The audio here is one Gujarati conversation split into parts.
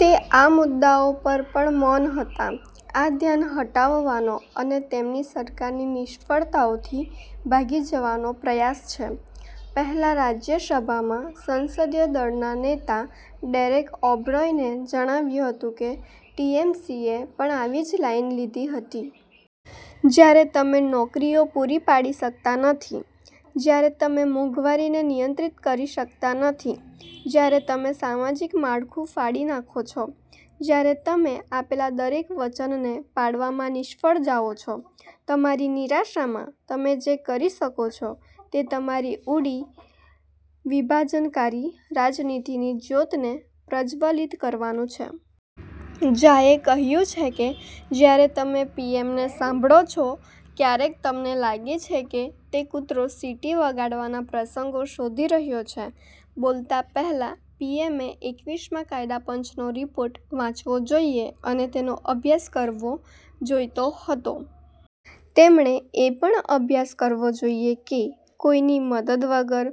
તે આ મુદ્દાઓ પર પણ મૌન હતા. આ ધ્યાન હટાવવાનો અને તેમની સરકારની નિષ્ફળતાઓથી ભાગી જવાનો પ્રયાસ છે. પહેલા રાજ્યસભામાં સંસદીય દળના નેતા ડેરેક ઓ'બ્રાયને જણાવ્યું હતું કે ટીએમસીએ પણ આવી જ લાઇન લીધી હતી. જ્યારે તમે નોકરીઓ પૂરી પાડી શકતા નથી, જ્યારે તમે મોંઘવારીને નિયંત્રિત કરી શકતા નથી, જ્યારે તમે સામાજિક માળખું ફાડી નાખો છો, જ્યારે તમે આપેલા દરેક વચનને પાળવામાં નિષ્ફળ જાઓ છો તમારી નિરાશામાં, તમે જે કરી શકો છો, તે તમારી ઊંડી વિભાજનકારી રાજનીતિની જ્યોતને પ્રજ્વલિત કરવાનું છે. ઝાએ કહ્યું કે જ્યારે તમે પીએમને સાંભળો છો ક્યારેક તમને લાગે છે કે તે કૂતરો સીટી વગાડવાના પ્રસંગો શોધી રહ્યો છે. બોલતા પહેલા પીએમએ એકવીસ મા કાયદા પંચનો રિપોર્ટ વાંચવો જોઈએ અને તેનો અભ્યાસ કરવો જોઈતો હતો. તેમણે એ પણ અભ્યાસ કરવો જોઈએ કે, કોઈની મદદ વગર,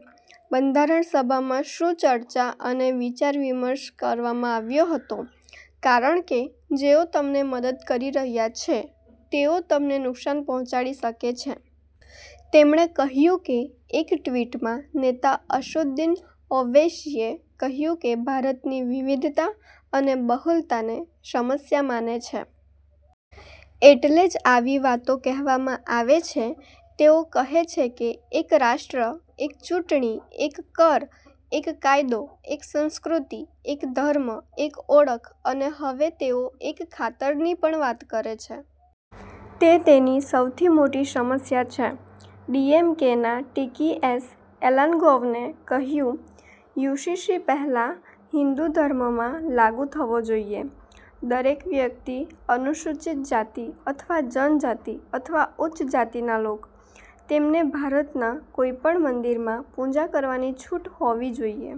બંધારણ સભામાં શું ચર્ચા અને વિચાર વિમર્શ કરવામાં આવ્યો હતો કારણ કે જેઓ તમને મદદ કરી રહ્યા છે તેઓ તમને નુકસાન પહોંચાડી શકે છે, તેમણે કહ્યું કે એક ટ્વિટમાં નેતા અસદુદ્દીન ઓવૈસીએ કહ્યું કે ભારતની વિવિધતા અને બહુલતાને સમસ્યા માને છે. એટલે જ આવી વાતો કહેવામાં આવે છે. તેઓ કહે છે કે એક રાષ્ટ્ર, એક ચૂંટણી, એક કર, એક કાયદો, એક સંસ્કૃતિ, એક ધર્મ, એક ઓળખ અને હવે તેઓ એક ખાતરની પણ વાત કરે છે. તે તેની સૌથી મોટી સમસ્યા છે. ડીએમકેના ટીકેએસ એલાન્ગોવને કહ્યું, યુસીસી પહેલા હિંદુ ધર્મમાં લાગુ થવો જોઈએ. દરેક વ્યક્તિ, અનુસૂચિત જાતિ અથવા જનજાતિ અથવા ઉચ્ચ જાતિના લોક. તેમને ભારતના કોઈપણ મંદિરમાં પૂજા કરવાની છૂટ હોવી જોઈએ.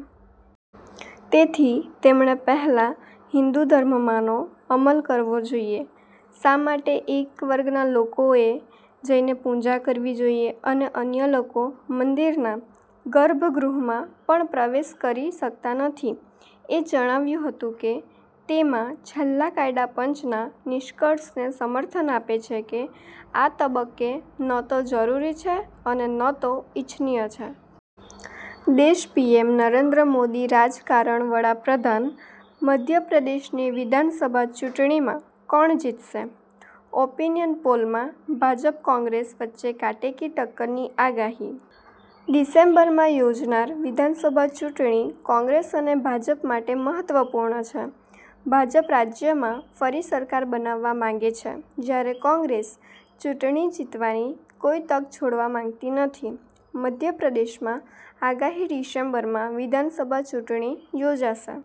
તેથી, તેણે પહેલા હિંદુ ધર્મમાં નો અમલ કરવો જોઈએ. શા માટે એક વર્ગના લોકોએ જઈને પૂજા કરવી જોઈએ અને અન્ય લોકો મંદિરના ગર્ભગૃહમાં પણ પ્રવેશ કરી શકતા નથી? એ જણાવ્યું હતું કે તે માં છેલ્લા કાયદા પંચના નિષ્કર્ષને સમર્થન આપે છે કે આ તબક્કે ન તો જરૂરી છે અને ન તો ઇચ્છનીય છે. દે શપીએમ નરેન્દ્ર મોદી રાજકારણ વડાપ્રધાન. મધ્યપ્રદેશની વિધાનસભા ચૂંટણીમાં કોણ જીતશે? ઓપિનિયન પોલમાં ભાજપ કોંગ્રેસ વચ્ચે કાંટે કી ટક્કરની આગાહી. ડિસેમ્બરમાં યોજનાર વિધાનસભા ચૂંટણી કોંગ્રેસ અને ભાજપ માટે મહત્વપૂર્ણ છે. ભાજપ રાજ્યમાં ફરી સરકાર બનાવવા માંગે છે જ્યારે કોંગ્રેસ ચૂંટણી જીતવાની કોઇ તક છોડવા માંગતી નથી. મધ્યપ્રદેશમાં આગામી ડિસેમ્બરમાં વિધાનસભા ચૂંટણી યોજાશે.